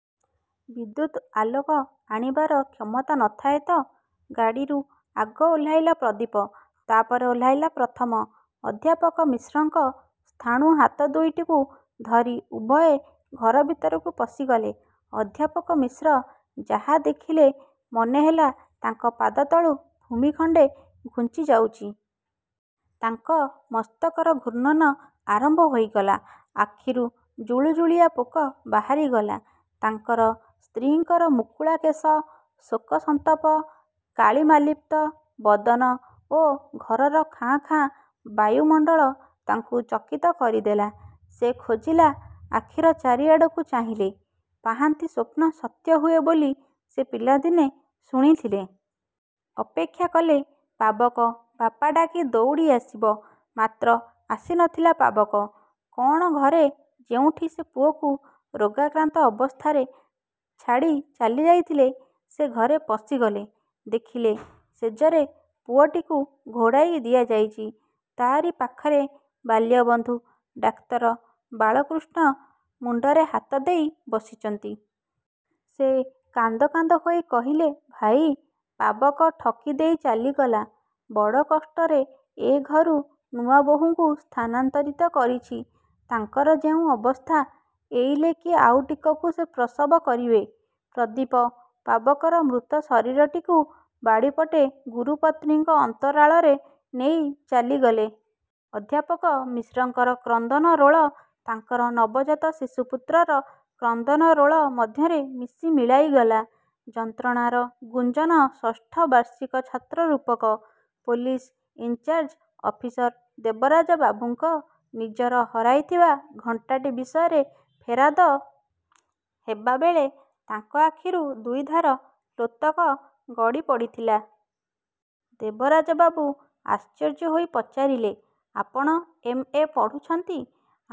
ଅଧ୍ୟାପକଙ୍କ ଘର ସିନା, ବିଦ୍ୟୁତ ଆଲୋକ ଆଣିବାର କ୍ଷମତା ନ ଥାଏ ତ! ଗାଡ଼ିରୁ ଆଗ ଓହ୍ଲାଇଲା ପ୍ରଦୀପ, ତାପରେ ଓହ୍ଲାଇଲା ପ୍ରଥମ। ଅଧ୍ୟାପକ ମିଶ୍ରଙ୍କ ସ୍ଥାଣୁ ହାତ ଦୁଇଟିକୁ ଧରି ଉଭୟେ ଘର ଭିତରକୁ ପଶିଗଲେ। ଅଧ୍ୟାପକ ମିଶ୍ର ଯାହା ଦେଖିଲେ ମନେ ହେଲା ତାଙ୍କ ପାଦତଳୁ ଭୂମି ଖଣ୍ଡେ ଘୁଞ୍ଚି ଯାଉଚି। ତାଙ୍କ ମସ୍ତକର ଘୂର୍ଣ୍ଣନ ଆରମ୍ଭ ହୋଇଗଲା। ଆଖିରୁ ଜୁଳୁଜୁଳିଆ ପୋକ ବାହାରିଗଲା। ତାଙ୍କର ସ୍ତ୍ରୀଙ୍କର ମୁକୁଳା କେଶ, ଶୋକସନ୍ତପ କାଳିମାଲିପ୍ତ-ବଦନ ଓ ଘରର ଖାଁ ଖାଁ ବାୟୁମଣ୍ଡଳ ତାଙ୍କୁ ଚକିତ କରିଦେଲା। ସେ ଖୋଜିଲା ଆଖିର ଚାରିଆଡ଼କୁ ଚାହିଁଲେ। ପାହାନ୍ତି ସ୍ୱପ୍ନ ସତ୍ୟ ହୁଏ ବୋଲି ସେ ପିଲାଦିନେ ଶୁଣିଥିଲେ। ଅପେକ୍ଷା କଲେ ପାବକ 'ବାପା' ଡ଼ାକି ଦଉଡ଼ି ଆସିବ। ମାତ୍ର ଆସି ନ ଥିଲା ପାବକ। କ'ଣ ଘରେ ଯେଉଁଠି ସେ ପୁଅକୁ ରୋଗାକ୍ରାନ୍ତ ଅବସ୍ଥାରେ ଛାଡ଼ି ଚାଲି ଯାଇଥିଲେ, ସେ ଘରେ ପଶିଗଲେ। ଦେଖିଲେ ଶେଯରେ ପୁଅଟିକୁ ଘୋଡ଼ାଇ ଦିଆଯାଇଚି। ତାରି ପାଖରେ ବାଲ୍ୟବନ୍ଧୁ ଡାକ୍ତର ବାଳକୃଷ୍ଣ ମୁଣ୍ଡରେ ହାତ ଦେଇ ବସିଚନ୍ତି। ସେ କାନ୍ଦ କାନ୍ଦ ହୋଇ କହିଲେ—ଭାଇ, ପାବକ ଠକି ଦେଇ ଚାଲିଗଲା। ବଡ଼ କଷ୍ଟରେ ଏ ଘରୁ ନୂଆବୋହୂଙ୍କୁ ସ୍ଥାନାନ୍ତରିତ କରିଛି। ତାଙ୍କର ଯେଉଁ ଅବସ୍ଥା,। ଏଇଲେ କି ଆଉ ଟିକକୁ ସେ ପ୍ରସବ କରିବେ। ପ୍ରଦୀପ 'ପାବକ'ର ମୃତ ଶରୀରଟିକୁ ବାଡ଼ିପଟେ ଗୁରୁପତ୍ନୀଙ୍କ ଅନ୍ତରାଳରେ ନେଇ ଚାଲିଗଲେ। ଅଧ୍ୟାପକ ମିଶ୍ରଙ୍କର କ୍ରନ୍ଦନରୋଳ ତାଙ୍କର ନବଜାତ ଶିଶୁ ପୁତ୍ରର କ୍ରନ୍ଦନରୋଳ ମଧ୍ୟରେ ମିଶି ମିଳାଇଗଲା। ଯନ୍ତ୍ରଣାର ଗୁଞ୍ଜନ ଷଷ୍ଠ ବାର୍ଷିକ ଛାତ୍ର ରୂପକ, ପୋଲିସ୍ ଇନ୍ଚାର୍ଯ ଅଫିସର ଦେବରାଜ ବାବୁଙ୍କ ନିଜର ହରାଇଥିବା ଘଣ୍ଟାଟି ବିଷୟରେ ଫେରାଦ ହେବାବେଳେ ତାଙ୍କ ଆଖିରୁ ଦୁଇଧାର ଲୋତକ ଗଡ଼ିପଡ଼ିଥିଲା। ଦେବରାଜବାବୁ ଆଶ୍ଚର୍ଯ୍ୟ ହୋଇ ପଚାରିଲେ—ଆପଣ ଏମ୍, ଏ. ପଢ଼ୁଚନ୍ତି।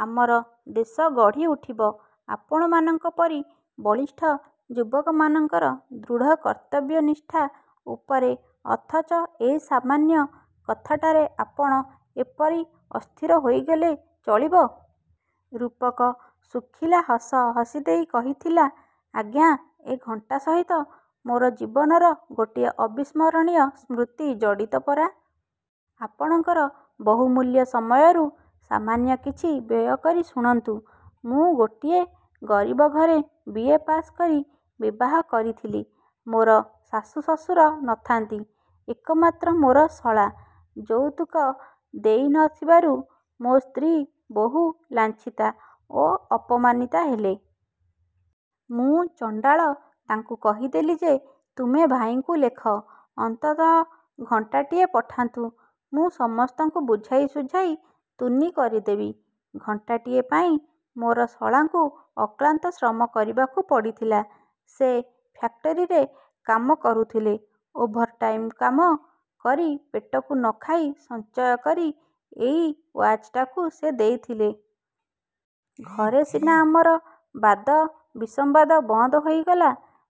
ଆମର ଦେଶ ଗଢ଼ିଉଠିବ ଆପଣମାନଙ୍କ ପରି ବଳିଷ୍ଠ ଯୁବକମାନଙ୍କର ଦୃଢ଼ କର୍ତ୍ତବ୍ୟନିଷ୍ଠା ଉପରେ ଅଥଚ ଏଇ ସାମାନ୍ୟ କଥାଟାରେ ଆପଣ ଏପରି ଅସ୍ଥିର ହୋଇଗଲେ ଚଳିବ? ରୂପକ ଶୁଖିଲା ହସ ହସିଦେଇ କହିଥିଲା—ଆଜ୍ଞା, ଏ ଘଣ୍ଟା ସହିତ ମୋର ଜୀବନର ଗୋଟିଏ ଅବିସ୍ମରଣୀୟ ସ୍ମୃତି ଜଡ଼ିତ ପରା! ଆପଣଙ୍କର ବହୁମୂଲ୍ୟ ସମୟରୁ ସାମାନ୍ୟ କିଛି ବ୍ୟୟ କରି ଶୁଣନ୍ତୁ। ମୁଁ ଗୋଟିଏ ଗରିବ ଘରେ ବି. ଏ. ପାଶ କରି ବିବାହ କରିଥିଲି। ମୋର ଶାଶୁ ଶଶୁର ନ ଥାଆନ୍ତି। ଏକମାତ୍ର ମୋର ଶଳା। ଯଉତୁକ ଦେଇ ନ ଥିବାରୁ ମୋ ସ୍ତ୍ରୀ ବହୁ ଲାଞ୍ଛିତା ଓ ଅପମାନିତା ହେଲେ। ମୁଁ ଚଣ୍ଡାଳ ତାଙ୍କୁ କହିଦେଲି ଯେ, ତୁମେ ଭାଇଙ୍କୁ ଲେଖ, ଅନ୍ତତଃ ଘଣ୍ଟାଟିଏ ପଠାନ୍ତୁ, ମୁଁ ସମସ୍ତଙ୍କୁ ବୁଝାଇ ଶୁଝାଇ ତୁନି କରିଦେବି। ଘଣ୍ଟାଟିଏ ପାଇଁ ମୋର ଶଳାଙ୍କୁ ଅକ୍ଳାନ୍ତ ଶ୍ରମ କରିବାକୁ ପଡ଼ିଥିଲା। ସେ ଫ୍ୟାକ୍ଟରୀରେ କାମ କରୁଥିଲେ। ଓଭର ଟାଇମ୍ କାମ କରି ପେଟକୁ ନ ଖାଇ ସଞ୍ଚୟ କରି ଏଇ ୱାଚଟାକୁ ସେ ଦେଇଥିଲେ। ଘରେ ସିନା ଆମର ବାଦ ବିସମ୍ବାଦ ବନ୍ଦ ହୋଇଗଲା,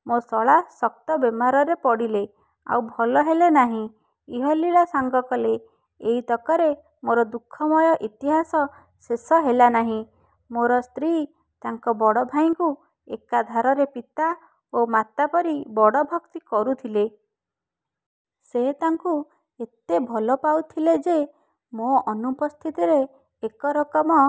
ମୋ ଶଳା ଶକ୍ତ ବେମାରରେ ପଡ଼ିଲେ, ଆଉ ଭଲ ହେଲେ ନାହିଁ, ଇହଲୀଳା ସାଙ୍ଗ କଲେ। ଏଇତକରେ ମୋର ଦୁଃଖମୟ ଇତିହାସ ଶେଷ ହେଲା ନାହିଁ। ମୋର ସ୍ତ୍ରୀ ତାଙ୍କ ବଡ଼ଭାଇଙ୍କୁ ଏକାଧାରରେ ପିତା ଓ ମାତା ପରି ବଡ଼ ଭକ୍ତି କରୁଥିଲେ। ସେ ତାଙ୍କୁ ଏତେ ଭଲ ପାଉଥିଲେ ଯେ, ମୋ ଅନୁପସ୍ଥିତିରେ ଏକ ରକମ